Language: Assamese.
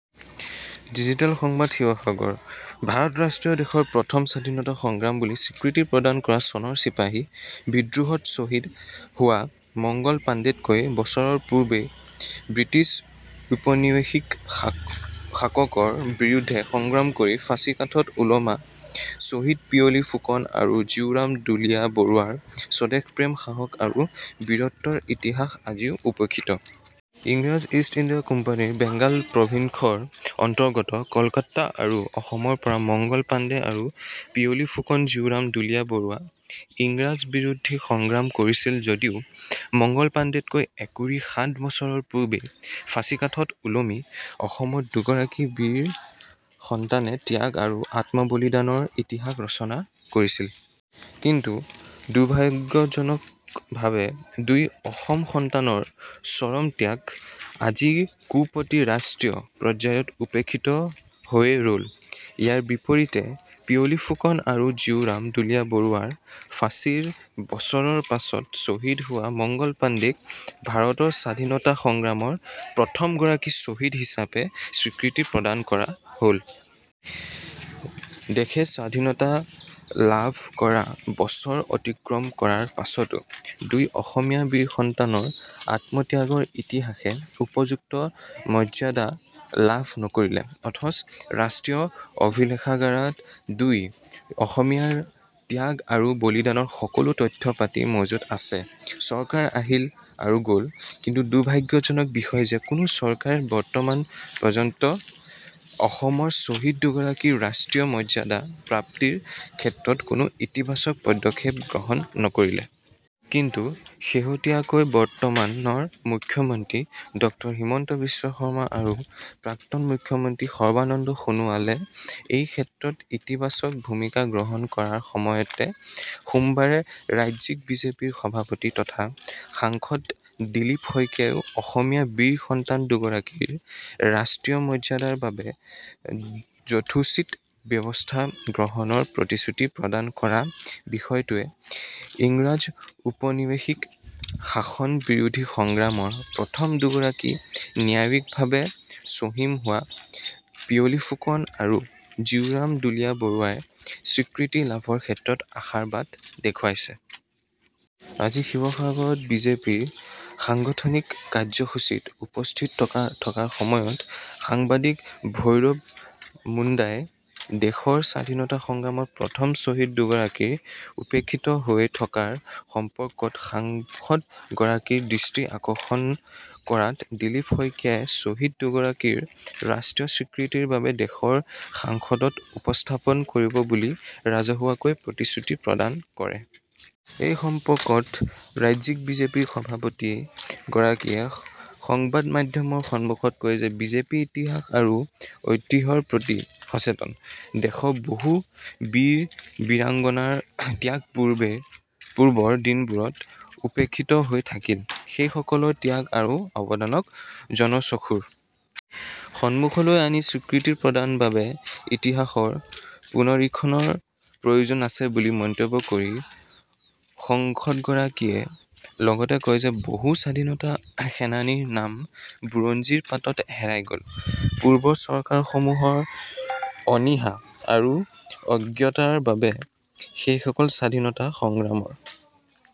ডিজিটেল সংবাদ, শিৱসাগৰঃ ভাৰত ৰাষ্ট্ৰই দেশৰ প্ৰথম স্বাধীনতা সংগ্ৰাম বুলি স্বীকৃতি প্ৰদান কৰা চনৰ চিপাহী বিদ্ৰোহত ছহিদ হোৱা মংগল পাণ্ডেতকৈ বছৰৰ পূৰ্বে ব্ৰিটিছ ঔপনিৱেশিক শাসকৰ বিৰুদ্ধে সংগ্ৰাম কৰি ফাঁচীকাঠত ওলমা ছহিদ পিয়লি ফুকন আৰু জীউৰাম দুলীয়া বৰুৱাৰ স্বদেশপ্ৰেম, সাহস আৰু বীৰত্বৰ ইতিহাস আজিও উপেক্ষিত। ইংৰাজ ইষ্ট ইণ্ডিয়া কোম্পানীৰ বেংগল প্ৰভিন্সৰ অন্তৰ্গত কলকাতা আৰু অসমৰ পৰা মংগল পাণ্ডে আৰু পিয়লি ফুকন-জীউৰাম দুলীয়া বৰুৱাই ইংৰাজ বিৰোধী সংগ্ৰাম কৰিছিল যদিও মংগল পাণ্ডেতকৈ একুৰি সাত বছৰৰ পূৰ্বেই ফাঁচীকাঠত ওলমি অসমৰ দুগৰাকী বীৰ সন্তানে ত্যাগ আৰু আত্মবলিদানৰ ইতিহাস ৰচনা কৰিছিল। কিন্তু দুৰ্ভাগ্যজনকভাৱে দুই অসম সন্তানৰ চৰম ত্যাগ আজিকোপতি ৰাষ্ট্ৰীয় পৰ্যায়ত উপেক্ষিত হৈয়ে ৰ'ল। ইয়াৰ বিপৰীতে পিয়লি ফুকন আৰু জীউৰাম দুলীয়া বৰুৱাৰ ফাঁচীৰ বছৰৰ পাছত ছহিদ হোৱা মংগল পাণ্ডেক ভাৰতৰ স্বাধীনতা সংগ্ৰামৰ প্ৰথম গৰাকী ছহিদ হিচাপে স্বীকৃতি প্ৰদান কৰা হ'ল। দেশে স্বাধীনতা লাভ কৰা বছৰ অতিক্ৰম কৰাৰ পাছতো দুই অসমীয়া বীৰ সন্তানৰ আত্মত্যাগৰ ইতিহাসে উপযুক্ত মৰ্য্যদা লাভ নকৰিলে। অথচ ৰাষ্ট্ৰীয় অভিলেখাগাৰত দুই অসমীয়াৰ ত্যাগ আৰু বলিদানৰ সকলো তথ্য-পাতি মজুত আছে। চৰকাৰ আহিল আৰু গ'ল কিন্তু দুৰ্ভাগ্যজনক বিষয় যে- কোনো চৰকাৰেই বৰ্তমান পৰ্য্যন্ত অসমৰ ছহিদ দুগৰাকীৰ ৰাষ্ট্ৰীয় মৰ্য্যদা প্ৰাপ্তিৰ ক্ষেত্ৰত কোনো ইতিবাচক পদক্ষেপ গ্ৰহণ নকৰিলে। কিন্তু শেহতীয়াকৈ বৰ্তমানৰ মুখ্যমন্ত্ৰী ড হিমন্ত বিশ্ব শৰ্মা আৰু প্ৰাক্তন মুখ্যমন্ত্ৰী সৰ্বানন্দ সোণোৱালে এই ক্ষেত্ৰত ইতিবাচক ভূমিকা গ্ৰহণ কৰাৰ সময়তে সোমবাৰে ৰাজ্যিক বিজেপিৰ সভাপতি তথা সাংসদ দিলীপ শইকীয়াইও অসমীয়া বীৰ সন্তান দুগৰাকীৰ ৰাষ্ট্ৰীয় মৰ্য্যদাৰ বাবে যথোচিত ব্যৱস্থা গ্ৰহণৰ প্ৰতিশ্ৰুতি প্ৰদান কৰা বিষয়টোৱে ইংৰাজ ঔপনিৱেশিক শাসন বিৰোধী সংগ্ৰামৰ প্ৰথম দুগৰাকী ন্যায়িকভাবে ছহিম হোৱা পিয়লি ফুকন আৰু জীউৰাম দুলীয়া বৰুৱাই স্বীকৃতি লাভৰ ক্ষেত্ৰত আশাৰ বাট দেখুৱাইছে। আজি শিৱসাগৰত বিজেপিৰ সাংগঠনিক কাৰ্য্যসূচীত উপস্থিত থকাৰ সময়ত সাংবাদিক ভৈৰব মুণ্ডাই দেশৰ স্বাধীনতা সংগ্ৰামৰ প্ৰথম ছহিদ দুগৰাকী উপেক্ষিত হৈ থকাৰ সম্পৰ্কত সাংসদ গৰাকীৰ দৃষ্টি আকৰ্ষণ কৰাত দিলীপ শইকীয়াই ছহিদ দুগৰাকীৰ ৰাষ্ট্ৰীয় স্বীকৃতিৰ বাবে দেশৰ সাংসদত উপস্থাপন কৰিব বুলি ৰাজহুৱাকৈ প্ৰতিশ্ৰুতি প্ৰদান কৰে। এই সম্পৰ্কত ৰাজ্যিক বিজেপিৰ সভাপতি গৰাকীয়ে সংবাদ মাধ্যমৰ সন্মুখত কয় যে বিজেপি ইতিহাস আৰু ঐতিহ্যৰ প্ৰতি সচেতন। দেশৰ বহু বীৰ বীৰাংগণাৰ ত্যাগ পূৰ্বৰ দিনবোৰত উপেক্ষিত হৈ থাকিল। সেই সকলৰ ত্যাগ আৰু অৱদানক জনচক্ষুৰ সন্মুখলৈ আনি স্বীকৃতি প্ৰদানৰ বাবে ইতিহাসৰ পুনৰীক্ষণৰ প্ৰয়োজন আছে বুলি মন্তব্য কৰি সাংসদগৰাকীয়ে লগতে কয় যে, বহু স্বাধীনতা সেনানীৰ নাম বুৰঞ্জীৰ পাতত হেৰাই গ'ল৷ পূৰ্বৰ চৰকাৰসমূহৰ অনীহা আৰু অজ্ঞতাৰ বাবে সেইসকল স্বাধীনতা সংগ্ৰামৰ